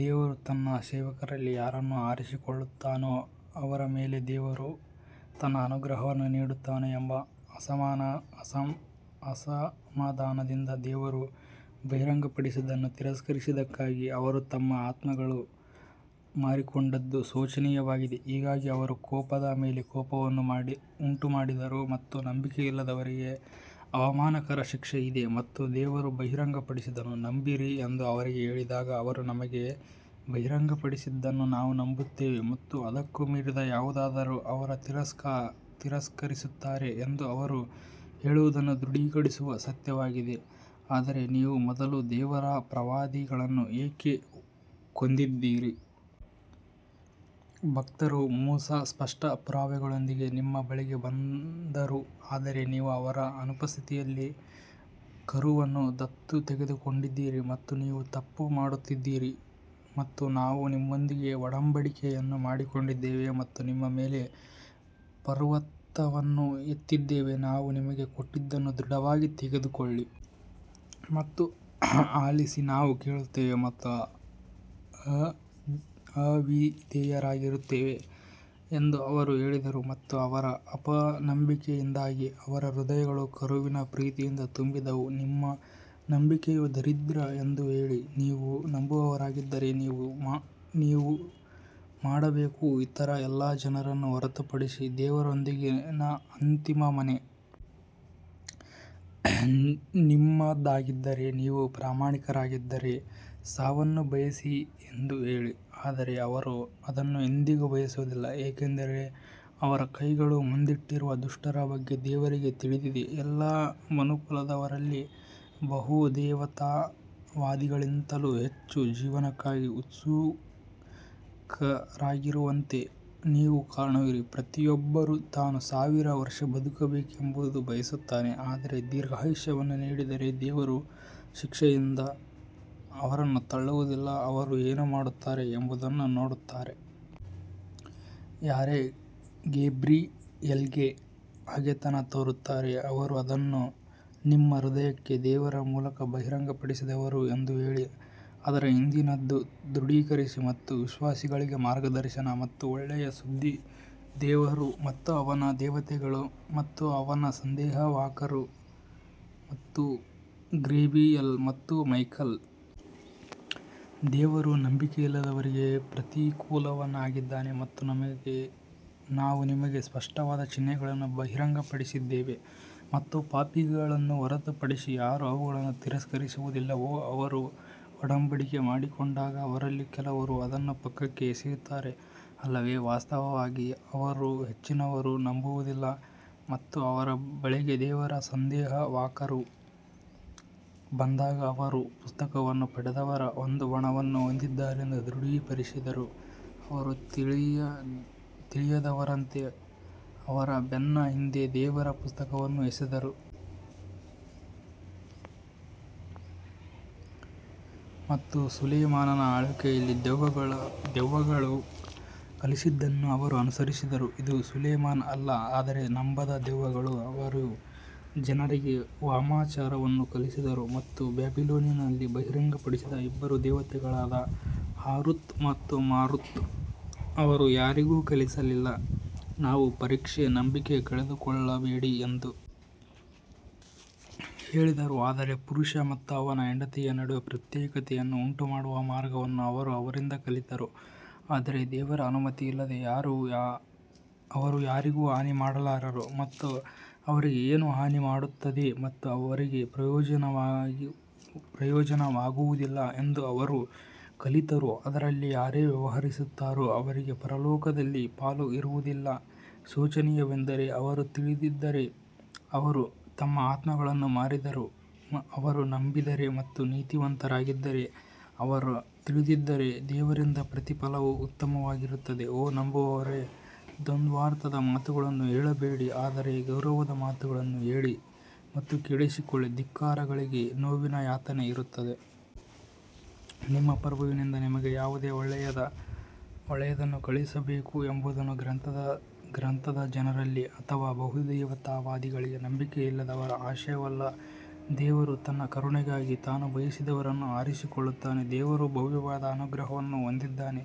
ದೇವರು ತನ್ನ ಸೇವಕರಲ್ಲಿ ಯಾರನ್ನು ಆರಿಸಿಕೊಳ್ಳುತ್ತಾನೋ ಅವರ ಮೇಲೆ ದೇವರು ತನ್ನ ಅನುಗ್ರಹವನ್ನು ನೀಡುತ್ತಾನೆ ಎಂಬ ಅಸಮಾಧಾನದಿಂದ ದೇವರು ಬಹಿರಂಗಪಡಿಸಿದ್ದನ್ನು ತಿರಸ್ಕರಿಸಿದ್ದಕ್ಕಾಗಿ ಅವರು ತಮ್ಮ ಆತ್ಮಗಳನ್ನು ಮಾರಿಕೊಂಡದ್ದು ಶೋಚನೀಯವಾಗಿದೆ ಹೀಗಾಗಿ ಅವರು ಕೋಪದ ಮೇಲೆ ಕೋಪವನ್ನು ಉಂಟುಮಾಡಿದರು ಮತ್ತು ನಂಬಿಕೆಯಿಲ್ಲದವರಿಗೆ ಅವಮಾನಕರ ಶಿಕ್ಷೆ ಇದೆ. ಮತ್ತು ದೇವರು ಬಹಿರಂಗಪಡಿಸಿದ್ದನ್ನು ನಂಬಿರಿ ಎಂದು ಅವರಿಗೆ ಹೇಳಿದಾಗ ಅವರು ನಮಗೆ ಬಹಿರಂಗಪಡಿಸಿದ್ದನ್ನು ನಾವು ನಂಬುತ್ತೇವೆ ಮತ್ತು ಅದಕ್ಕೂ ಮೀರಿದ ಯಾವುದನ್ನಾದರೂ ಅವರು ತಿರಸ್ಕರಿಸುತ್ತಾರೆ ಎಂದು ಅವರು ಹೇಳುವುದನ್ನು ದೃಢೀಕರಿಸುವ ಸತ್ಯವಾಗಿದೆ ಆದರೆ ನೀವು ಮೊದಲು ದೇವರ ಪ್ರವಾದಿಗಳನ್ನು ಏಕೆ ಕೊಂದಿದ್ದೀರಿ. ಭಕ್ತರ ಮೂಸಾ ಸ್ಪಷ್ಟ ಪುರಾವೆಗಳೊಂದಿಗೆ ನಿಮ್ಮ ಬಳಿಗೆ ಬಂದರು ಆದರೆ ನೀವು ಅವರ ಅನುಪಸ್ಥಿತಿಯಲ್ಲಿ ಕರುವನ್ನು ದತ್ತು ತೆಗೆದುಕೊಂಡಿದ್ದೀರಿ ಮತ್ತು ನೀವು ತಪ್ಪು ಮಾಡುತ್ತಿದ್ದೀರಿ ಮತ್ತು ನಾವು ನಿಮ್ಮೊಂದಿಗೆ ಒಡಂಬಡಿಕೆಯನ್ನು ಮಾಡಿಕೊಂಡಿದ್ದೇವೆ ಮತ್ತು ನಿಮ್ಮ ಮೇಲೆ ಪರ್ವತವನ್ನು ಎತ್ತಿದ್ದೇವೆ ನಾವು ನಿಮಗೆ ಕೊಟ್ಟಿದ್ದನ್ನು ದೃಢವಾಗಿ ತೆಗೆದುಕೊಳ್ಳಿ ಮತ್ತು ಆಲಿಸಿ ನಾವು ಕೇಳುತ್ತೇವೆ ಮತ್ತು ಅವಿಧೇಯರಾಗುತ್ತೇವೆ ಎಂದು ಅವರು ಹೇಳಿದರು ಮತ್ತು ಅವರ ಅಪನಂಬಿಕೆಯಿಂದಾಗಿ ಅವರ ಹೃದಯಗಳು ಕರುವಿನ ಪ್ರೀತಿಯಿಂದ ತುಂಬಿದವು ನಿಮ್ಮ ನಂಬಿಕೆಯು ದರಿದ್ರ ಎಂದು ಹೇಳಿ ನೀವು ನಂಬುವವರಾಗಿದ್ದರೆ ನೀವು ಮಾಡಬೇಕು ಇತರ ಎಲ್ಲ ಜನರನ್ನು ಹೊರತುಪಡಿಸಿ ದೇವರೊಂದಿಗಿನ ಅಂತಿಮ ಮನೆ ನಿಮ್ಮದಾಗಿದ್ದರೆ ನೀವು ಪ್ರಾಮಾಣಿಕರಾಗಿದ್ದರೆ ಸಾವನ್ನು ಬಯಸಿ ಎಂದು ಹೇಳಿ ಆದರೆ ಅವರು ಅದನ್ನು ಎಂದಿಗೂ ಬಯಸುವುದಿಲ್ಲ ಏಕೆಂದರೆ ಅವರ ಕೈಗಳು ಮುಂದಿಟ್ಟಿರುವ ದುಷ್ಟರ ಬಗ್ಗೆ ದೇವರಿಗೆ ತಿಳಿದಿದೆ ಎಲ್ಲಾ ಮನುಕುಲದವರಲ್ಲಿ ಬಹುದೇವತಾವಾದಿಗಳಿಗಿಂತಲೂ ಹೆಚ್ಚು ಜೀವನಕ್ಕಾಗಿ ಉತ್ಸುಕರಾಗಿರುವಂತೆ ನೀವು ಕಾಣುವಿರಿ ಪ್ರತಿಯೊಬ್ಬರೂ ತಾನು ಸಾವಿರ ವರ್ಷ ಬದುಕಬೇಕೆಂದು ಬಯಸುತ್ತಾನೆ ಆದರೆ ದೀರ್ಘಾಯುಷ್ಯವನ್ನು ನೀಡಿದರೆ ದೇವರು ಶಿಕ್ಷೆಯಿಂದ ಅವರನ್ನು ತಳ್ಳುವುದಿಲ್ಲ ಅವರು ಏನು ಮಾಡುತ್ತಾರೆ ಎಂಬುದನ್ನು ನೋಡುತ್ತಾರೆ. ಯಾರೇ ಗೇಬ್ರಿಯಲ್ಗೆ ಹಗೆತನ ತೋರುತ್ತಾರೋ ಅವರು ಅದನ್ನು ನಿಮ್ಮ ಹೃದಯಕ್ಕೆ ದೇವರ ಮೂಲಕ ಬಹಿರಂಗಪಡಿಸಿದವರು ಎಂದು ಹೇಳಿ ಅದರ ಹಿಂದಿನದನ್ನು ದೃಢೀಕರಿಸಿ ಮತ್ತು ವಿಶ್ವಾಸಿಗಳಿಗೆ ಮಾರ್ಗದರ್ಶನ ಮತ್ತು ಒಳ್ಳೆಯ ಸುದ್ದಿ ದೇವರು ಮತ್ತು ಅವನ ದೇವತೆಗಳು ಮತ್ತು ಅವನ ಸಂದೇಶವಾಹಕರು ಮತ್ತು ಗೇಬ್ರಿಯಲ್ ಮತ್ತು ಮೈಕೆಲ್ ದೇವರು ನಂಬಿಕೆಯಿಲ್ಲದವರಿಗೆ ಪ್ರತಿಕೂಲವಾಗಿದ್ದಾನೆ ನಾವು ನಿಮಗೆ ಸ್ಪಷ್ಟವಾದ ಚಿಹ್ನೆಗಳನ್ನು ಬಹಿರಂಗಪಡಿಸಿದ್ದೇವೆ ಮತ್ತು ಪಾಪಿಗಳನ್ನು ಹೊರತುಪಡಿಸಿ ಯಾರೂ ಅವುಗಳನ್ನು ತಿರಸ್ಕರಿಸುವುದಿಲ್ಲ ಅವರು ಒಡಂಬಡಿಕೆ ಮಾಡಿಕೊಂಡಾಗ ಅವರಲ್ಲಿ ಕೆಲವರು ಅದನ್ನು ಪಕ್ಕಕ್ಕೆ ಎಸೆಯುತ್ತಾರೆ ಅಲ್ಲವೇ ವಾಸ್ತವವಾಗಿ ಅವರಲ್ಲಿ ಹೆಚ್ಚಿನವರು ನಂಬುವುದಿಲ್ಲ ಮತ್ತು ಅವರ ಬಳಿಗೆ ದೇವರ ಸಂದೇಶವಾಹಕರು ಬಂದಾಗ ಅವರು ಪುಸ್ತಕವನ್ನು ಪಡೆದವರ ಒಂದು ಬಣವನ್ನು ಹೊಂದಿದ್ದಾರೆಂದು ದೃಢಪಡಿಸಿದರು ಅವರು ತಿಳಿದಿಲ್ಲದವರಂತೆ ಅವರ ಬೆನ್ನಿನ ಹಿಂದೆ ದೇವರ ಪುಸ್ತಕವನ್ನು ಎಸೆದರು. ಮತ್ತು ಸೊಲೊಮೋನನ ಆಳ್ವಿಕೆಯಲ್ಲಿ ದೆವ್ವಗಳು ಕಲಿಸಿದ್ದನ್ನು ಅವರು ಅನುಸರಿಸಿದರು ಇದು ಸೊಲೊಮನ್ ಅಲ್ಲ ಆದರೆ ನಂಬದ ದೆವ್ವಗಳು ಅವರು ಜನರಿಗೆ ವಾಮಾಚಾರವನ್ನು ಕಲಿಸಿದರು ಮತ್ತು ಬ್ಯಾಬಿಲೋನ್ನಲ್ಲಿ ಬಹಿರಂಗಪಡಿಸಿದ ಇಬ್ಬರು ದೇವತೆಗಳಾದ ಹಾರೂತ್ ಮತ್ತು ಮಾರುತ್ ಅವರು ಯಾರಿಗೂ ಕಲಿಸಲಿಲ್ಲ. ನಾವು ಪರೀಕ್ಷೆ ನಂಬಿಕೆ ಕಳೆದುಕೊಳ್ಳಬೇಡಿ ಎಂದು ಹೇಳಿದ್ದರು ಆದರೆ ಪುರುಷ ಮತ್ತು ಅವನ ಹೆಂಡತಿಯ ನಡುವೆ ಪ್ರತ್ಯೇಕತೆಯನ್ನು ಉಂಟುಮಾಡುವ ಮಾರ್ಗವನ್ನು ಅವರು ಅವರಿಂದ ಕಲಿತರು ಆದರೆ ದೇವರ ಅನುಮತಿಯಿಲ್ಲದೆ ಅವರು ಯಾರಿಗೂ ಹಾನಿ ಮಾಡಲಾರರು ಮತ್ತು ಅವರಿಗೆ ಏನು ಹಾನಿ ಮಾಡುತ್ತದೆ ಮತ್ತು ಅವರಿಗೆ ಪ್ರಯೋಜನವಾಗುವುದಿಲ್ಲ ಎಂದು ಅವರು ಕಲಿತರು ಅದರಲ್ಲಿ ಯಾರೇ ವ್ಯವಹರಿಸುತ್ತಾರೋ ಅವರಿಗೆ ಪರಲೋಕದಲ್ಲಿ ಪಾಲು ಇರುವುದಿಲ್ಲ ಶೋಚನೀಯವೆಂದರೆ ಅವರು ತಿಳಿದಿದ್ದರೆ ಅವರು ತಮ್ಮ ಆತ್ಮಗಳನ್ನು ಮಾರಿದರು ಅವರು ನಂಬಿದ್ದರೆ ಮತ್ತು ನೀತಿವಂತರಾಗಿದ್ದರೆ ಅವರು ತಿಳಿದಿದ್ದರೆ ದೇವರಿಂದ ಪ್ರತಿಫಲವು ಉತ್ತಮವಾಗಿರುತ್ತದೆ ಓ ನಂಬುವವರೇ ದ್ವಂದ್ವಾರ್ಥದ ಮಾತುಗಳನ್ನು ಹೇಳಬೇಡಿ ಆದರೆ ಗೌರವದ ಮಾತುಗಳನ್ನು ಹೇಳಿ ಮತ್ತು ಕೇಳಿಸಿಕೊಳ್ಳಿ ಧಿಕ್ಕಾರಿಗಳಿಗೆ ನೋವಿನ ಯಾತನೆ ಇರುತ್ತದೆ. ನಿಮ್ಮ ಪ್ರಭುವಿನಿಂದ ನಿಮಗೆ ಯಾವುದೇ ಒಳ್ಳೆಯದನ್ನು ಕಳುಹಿಸಬೇಕು ಎಂಬುದು ಗ್ರಂಥದ ಜನರಲ್ಲಿ ಅಥವಾ ಬಹುದೇವತಾವಾದಿಗಳ ನಂಬಿಕೆಯಿಲ್ಲದವರ ಆಶಯವಲ್ಲ ಆದರೆ ದೇವರು ತನ್ನ ಕರುಣೆಗಾಗಿ ತಾನು ಬಯಸಿದವರನ್ನು ಆರಿಸಿಕೊಳ್ಳುತ್ತಾನೆ ದೇವರು ಭವ್ಯವಾದ ಅನುಗ್ರಹವನ್ನು ಹೊಂದಿದ್ದಾನೆ.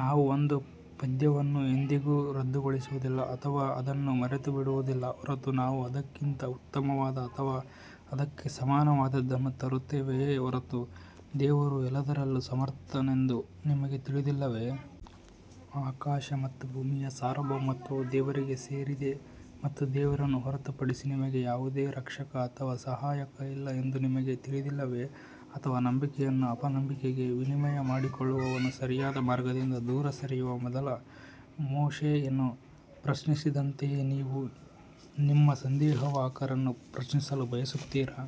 ನಾವು ಒಂದು ಪದ್ಯವನ್ನು ಎಂದಿಗೂ ರದ್ದುಗೊಳಿಸುವುದಿಲ್ಲ ಅಥವಾ ಅದನ್ನು ಮರೆತುಬಿಡುವುದಿಲ್ಲ ಹೊರತು ನಾವು ಅದಕ್ಕಿಂತ ಉತ್ತಮವಾದ ಅಥವಾ ಅದಕ್ಕೆ ಸಮಾನವಾದದ್ದನ್ನು ತರುತ್ತೇವೆಯೇ ಹೊರತು ದೇವರು ಎಲ್ಲದರಲ್ಲೂ ಸಮರ್ಥನೆಂದು ನಿಮಗೆ ತಿಳಿದಿಲ್ಲವೇ? ಆಕಾಶ ಮತ್ತು ಭೂಮಿಯ ಸಾರ್ವಭೌಮತ್ವವು ದೇವರಿಗೆ ಸೇರಿದೆ ಮತ್ತು ದೇವರನ್ನು ಹೊರತುಪಡಿಸಿ ನಿಮಗೆ ಯಾವುದೇ ರಕ್ಷಕ ಅಥವಾ ಸಹಾಯಕ ಇಲ್ಲ ಎಂದು ನಿಮಗೆ ತಿಳಿದಿಲ್ಲವೇ? ಅಥವಾ ನಂಬಿಕೆಯನ್ನು ಅಪನಂಬಿಕೆಗೆ ವಿನಿಮಯ ಮಾಡಿಕೊಳ್ಳುವವನು ಸರಿಯಾದ ಮಾರ್ಗದಿಂದ ದೂರ ಸರಿಯುವ ಮೊದಲು ಮೋಶೆಯನ್ನು ಪ್ರಶ್ನಿಸಿದಂತೆಯೇ ನೀವು ನಿಮ್ಮ ಸಂದೇಶವಾಹಕರನ್ನು ಪ್ರಶ್ನಿಸಲು ಬಯಸುತ್ತೀರಾ?